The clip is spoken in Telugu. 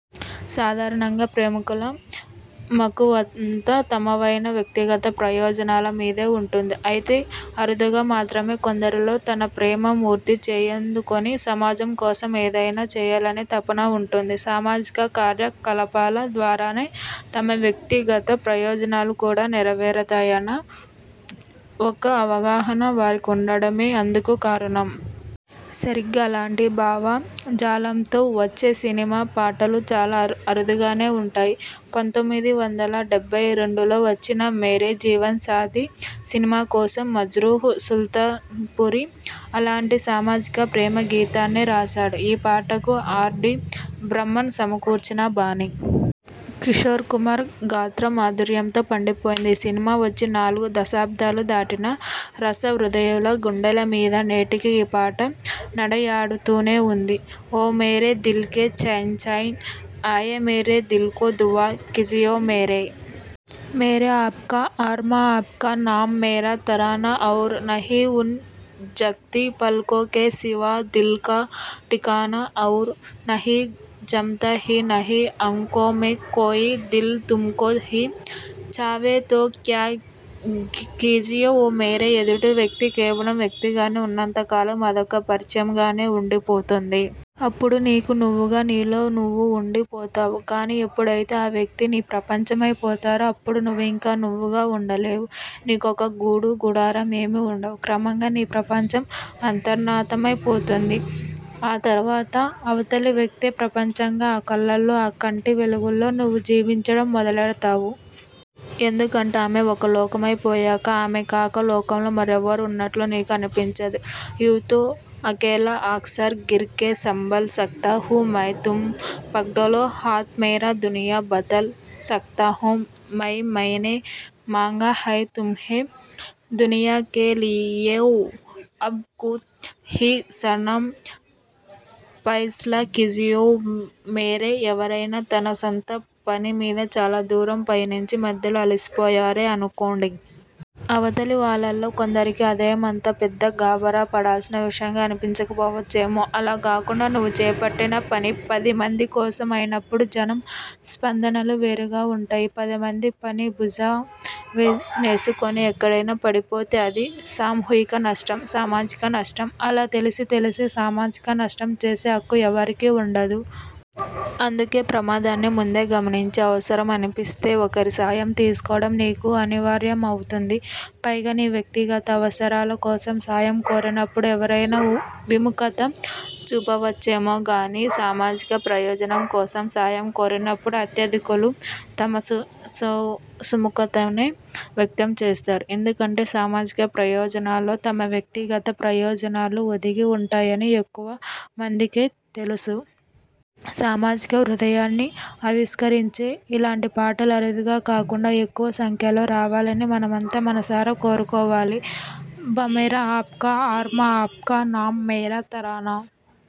సాధారణంగా ప్రేమికుల మక్కువంతా తమవైన వ్యక్తిగత ప్రయోజనాల మీదే ఉంటుంది. అయితే, అరుదుగా మాత్రమే కొందరిలో తన ప్రేమ మూర్తి చేయందుకుని సమాజం కోసం ఏదైనా చేయాలనే తపన ఉంటుంది. సామాజిక కార్య కలాపాల ద్వారానే తమ వ్యక్తిగత ప్రయోజనాలు కూడా నెర వేరతాయన్న ఒక అవగాహన వారికి ఉండడమే అందుకు కారణం. సరిగ్గా అలాంటి భావ జాలంతో వచ్చే సినిమా పాటలు చాలా అరుదుగానే ఉంటాయి. పంతొమ్మిది వందల డెబ్బై రెండులో వచ్చిన 'మేరే జీవన్ సాథీ' సినిమా కోసం మజ్రూహ్ సుల్తాన్పురి అలాంటి సామాజిక ప్రేమ గీతాన్నే రాశాడు. ఈ పాటకు ఆర్. డి బర్మన్ సమకూర్చిన బాణీ.. కిశోర్ కుమార్ గాత్ర మాధుర్యంతో పండిపోయింది. ఈ సినిమా వచ్చి నాలుగు దశాబ్దాలు దాటినా రస హృదయుల గుండెల మీద నేటికీ ఈ పాట నడయాడుతూనే ఉంది. ఓ మేరే దిల్ కే చైన్ చైన్ ఆయే మేరే దిల్ కో దువా కీజియే మేరే మేరే ఆప్కా అర్మా ఆప్కా నామ్ మేరా తరానా ఔర్ నహీ ఉన్ ఝుక్తీ పల్కో కే సివా దిల్ కా టికానా ఔర్ నహీ జంచ్తా he Nahi ఆంఖో May కోయీ Dil తుమ్కో he చాహే తో క్యా కీజియే ఓ మేరే ఎదుటి వ్యక్తి కేవలం వ్యక్తిగానే ఉన్నంత కాలం, అదొక పరిచయంగానే ఉండి పోతుంది. అప్పుడు నీకు నువ్వుగా, నీలో నువ్వు ఉండి పోతావు. కానీ, ఎప్పుడైతే ఆ వ్యక్తి నీ ప్రపంచమై పోతారో అప్పుడు నువ్వింక నువ్వుగా ఉండలేవు. నీకొక గూడూ గుడారం ఏమీ ఉండవు. క్రమంగా నీ ప్రపంచం అంతర్థానమైపోతుంది. ఆ తర్వాత అవతలి వ్యక్తే ప్రపంచంగా ఆ కళ్లల్లో, ఆ కంటి వెలుగుల్లో నువ్వు జీవించడం మొదలెడతావు. ఎందుకంటే ఆమె ఒక లోకమై పోయాక ఆమె కాక లోకంలో మరెవరూ ఉన్నట్లు నీకు అనిపించదు. యూ తో అకేలా అక్సర్ గిర్ కే సంభల్ సక్తా హు మై తుమ్ పకడ్లో హాథ్ మేరా దునియా బదల్ సక్తా హు మై మైనే మాంగా హై తుమ్హే దునియా కే లియే అభ్ ఖుద్ హీ సనమ్ ఫైస్లా కీజియే ఓ మేరే ఎవరైనా తన సొంత పని మీద చాలా దూరం పయనించి మధ్యలో అలసిపోయారే అనుకోండి. అవతలి వాళ్లల్లో కొందరికి అదేమంత పెద్ద గాబరా పడాల్సిన విషయంగా అనిపించకపోవచ్చేమో! అలా కాకుండా నువ్వు చేపట్టిన పని పదిమంది కోసం అయినప్పుడు జనం స్పందనలు వేరుగా ఉంటాయి. పదిమంది పని భుజా నేసుకుని ఎక్కడైనా పడిపోతే అది సామూహిక నష్టం, సామాజిక నష్టం. అలా తెలిసి తెలిసి సామాజిక నష్టం చేసే హక్కు ఎవరికీ ఉండదు. అందుకే ప్రమాదాన్ని ముందే గమనించి అవసరమనిపిస్తే ఒకరి సాయం తీసుకోవడం నీకు అనివార్య మవుతుంది. పైగా నీ వ్యక్తిగత అవసరాల కోసం సాయం కోరినప్పుడు ఎవరైనా విముఖత చూపవచ్చేమో గానీ, సామాజిక ప్రయోజనం కోసం సాయం కోరినప్పుడు అత్యధికులు తమ సుముఖతనే వ్యక్తం చేస్తారు. ఎందుకంటే సామాజిక ప్రయోజనాల్లో తమ వ్యక్తిగత ప్రయోజనాలు ఒదిగి ఉంటాయని ఎక్కువ మందికే తెలుసు. సామాజిక హృదయాన్ని ఆవిష్కరించే ఇలాంటి పాటలు అరుదుగా కాకుండా ఎక్కువ సంఖ్యలో రావాలని మనమంతా మనసారా కోరుకోవాలి. బమ్మెర ఆప్కా అర్మా ఆప్కా నామ్ మేరా తరానా